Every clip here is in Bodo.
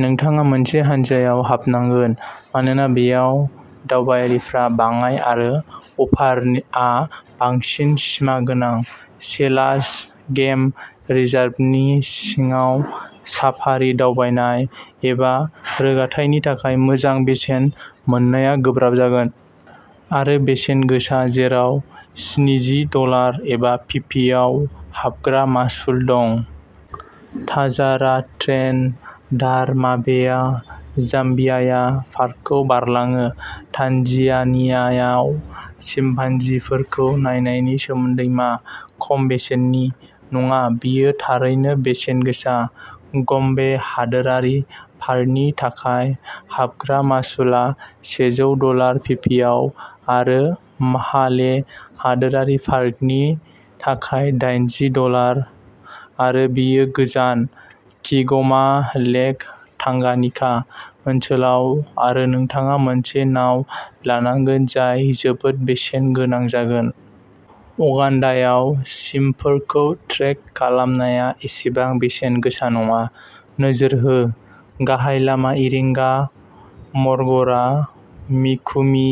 नोंथाङा मोनसे हान्जायाव हाबनांगोन, मानोना बेयाव दावबायारिफ्रा बाङाय आरो अफारआ बांसिन सिमागोनां, सेलास गेम रिजार्भनि सिङाव साफारि दावबायनाय एबा रोगाथायनि थाखाय मोजां बेसेन मोननाया गोब्राब जागोन आरो बेसेन गोसा, जेराव स्निजि डलार एबा पिपिआव हाबग्रा मासुल दं। ताजारा ट्रेन दार-माबेया-जाम्बियाया पार्कखौ बारलाङो। तान्जानियायाव चिम्पान्जिफोरखौ नायनायनि सोमोन्दै मा? खम बेसेननि? नङा, बेयो थारैनो बेसेन गोसा। गम्बे हादोरारि पार्कनि थाखाय हाबग्रा मासुलआ सेजौ डलार/पिपिआव आरो माहाले हादोरारि पार्कनि थाखाय दाइनजि डलार आरो बेयो गोजान, किग'मा-लेक टांगानिका ओनसोलाव आरो नोंथाङा मोनसे नाव लानांगोन जाय जोबोद बेसेन गोनां जागोन। उगान्डायाव, चिम्पफोरखौ ट्रेक खालामनाया एसेबां बेसेन गोसा नङा। नोजोर होः गाहाय लामा इरिंगा-मर'गर'आ मिकुमि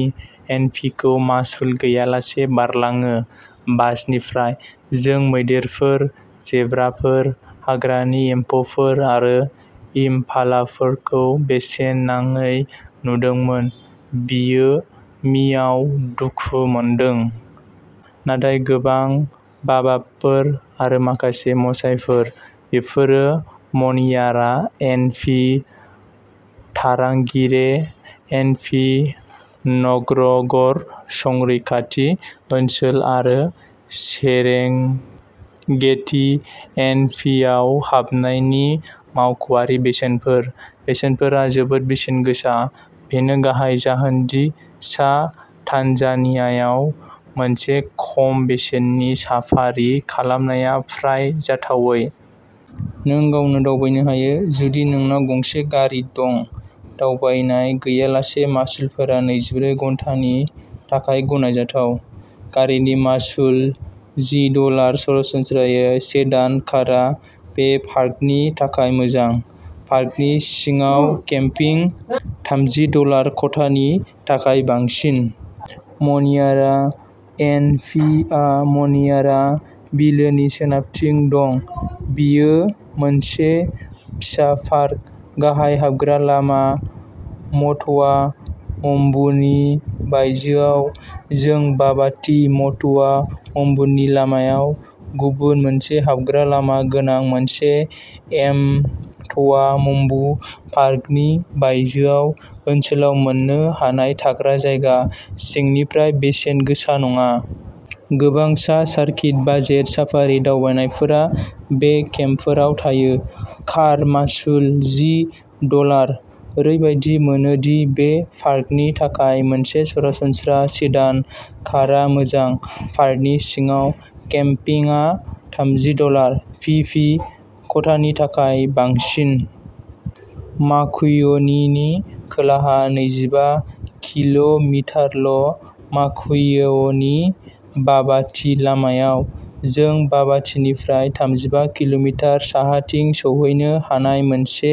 एनपिखौ मासुल गैयालासे बारलाङो। बासनिफ्राय, जों मैदेरफोर, जेब्राफोर, हाग्रानि एम्फौफोर आरो इम्पालाफोरखौ बेसेन नाङै नुदोंमोन बेयो मि आव दुखु मोनदों! नाथाय गोबां बाबाबफोर आरो माखासे मसाइफोर! बेफोरो Manyara N P, Tarangire N P, Ngorongoro' संरैखाथि ओनसोल आरो सेरेनगेटि एन पि आव हाबनायनि मावख'आरि बेसेनफोर। बेसेनफोरा जोबोद बेसेन गोसा, बेनो गाहाय जाहोन दि सा तान्जानियायाव मोनसे खम बेसेननि साफारि खालामनाया फ्राय जाथावै। नों गावनो दावबायनो हायो, जुदि नोंनाव गंसे गारि दं, दावबायनाय गैयालासे। मासुलफोरा नैजिब्रै घन्टानि थाखाय गनायजाथाव। गारिनि मासुलः जि डलार। सरासनस्रा सेडान कारआ बे पार्कनि थाखाय मोजां। पार्कनि सिङाव केम्पिंः थामजि डलार खथानि थाखाय बांसिन। मन्यारा एन पि आ मन्यारा बिलोनि सोनाबथिं दं, बेयो मोनसे फिसा पार्क। गाहाय हाबग्रा लामाआ म्ट'वा म्बुनि बायजोआव। जों बाबाति-म्ट'वा म्बुनि लामायाव गुबुन मोनसे हाबग्रा लामा गोनां मोनसे एमट'वा म्बुः पार्कनि बायजोआव, ओनसोलाव मोननो हानाय थाग्रा जायगा, सिंनिफ्राय बेसेन गोसा नङा। गोबां सा सार्किट बाजेट साफारि दावबायनायफोरा बे केम्पफोराव थायो। कार मासुलः जि डलार। ओरैबायदि मोनो दि बे पार्कनि थाखाय मोनसे सरासनस्रा सेडान कारआ मोजां। पार्कनि सिङाव केम्पिंगआ थामजि डलार/पि पि। खथानि थाखाय बांसिन। माकुयुनिनि खोलाहा नैजिबा किल'मिटारल', माकुयुनि-बाबाति लामायाव। जों बाबातिनिफ्राय थामजिबा किल'मिटार साहाथिं सौहैनो हानाय मोनसे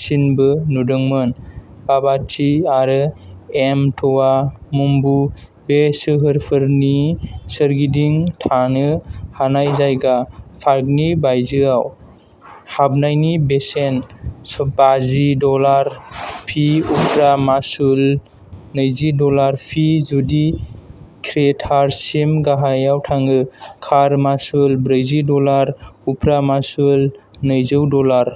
सिनबो नुदोंमोन। बाबाति आरो एमट'वा मुमबुः बे सोहोरफोरनि सोरगिदिं थानो हानाय जायगा, पार्कनि बायजोआव। हाबनायनि बेसेनः बाजि डलार पि उफ्रा मासुलः नैजि डलार पि जुदि क्रेटारसिम गाहायाव थाङो। कार मासुलः ब्रैजि डलार। उफ्रा मासुलः नैजौ डलार।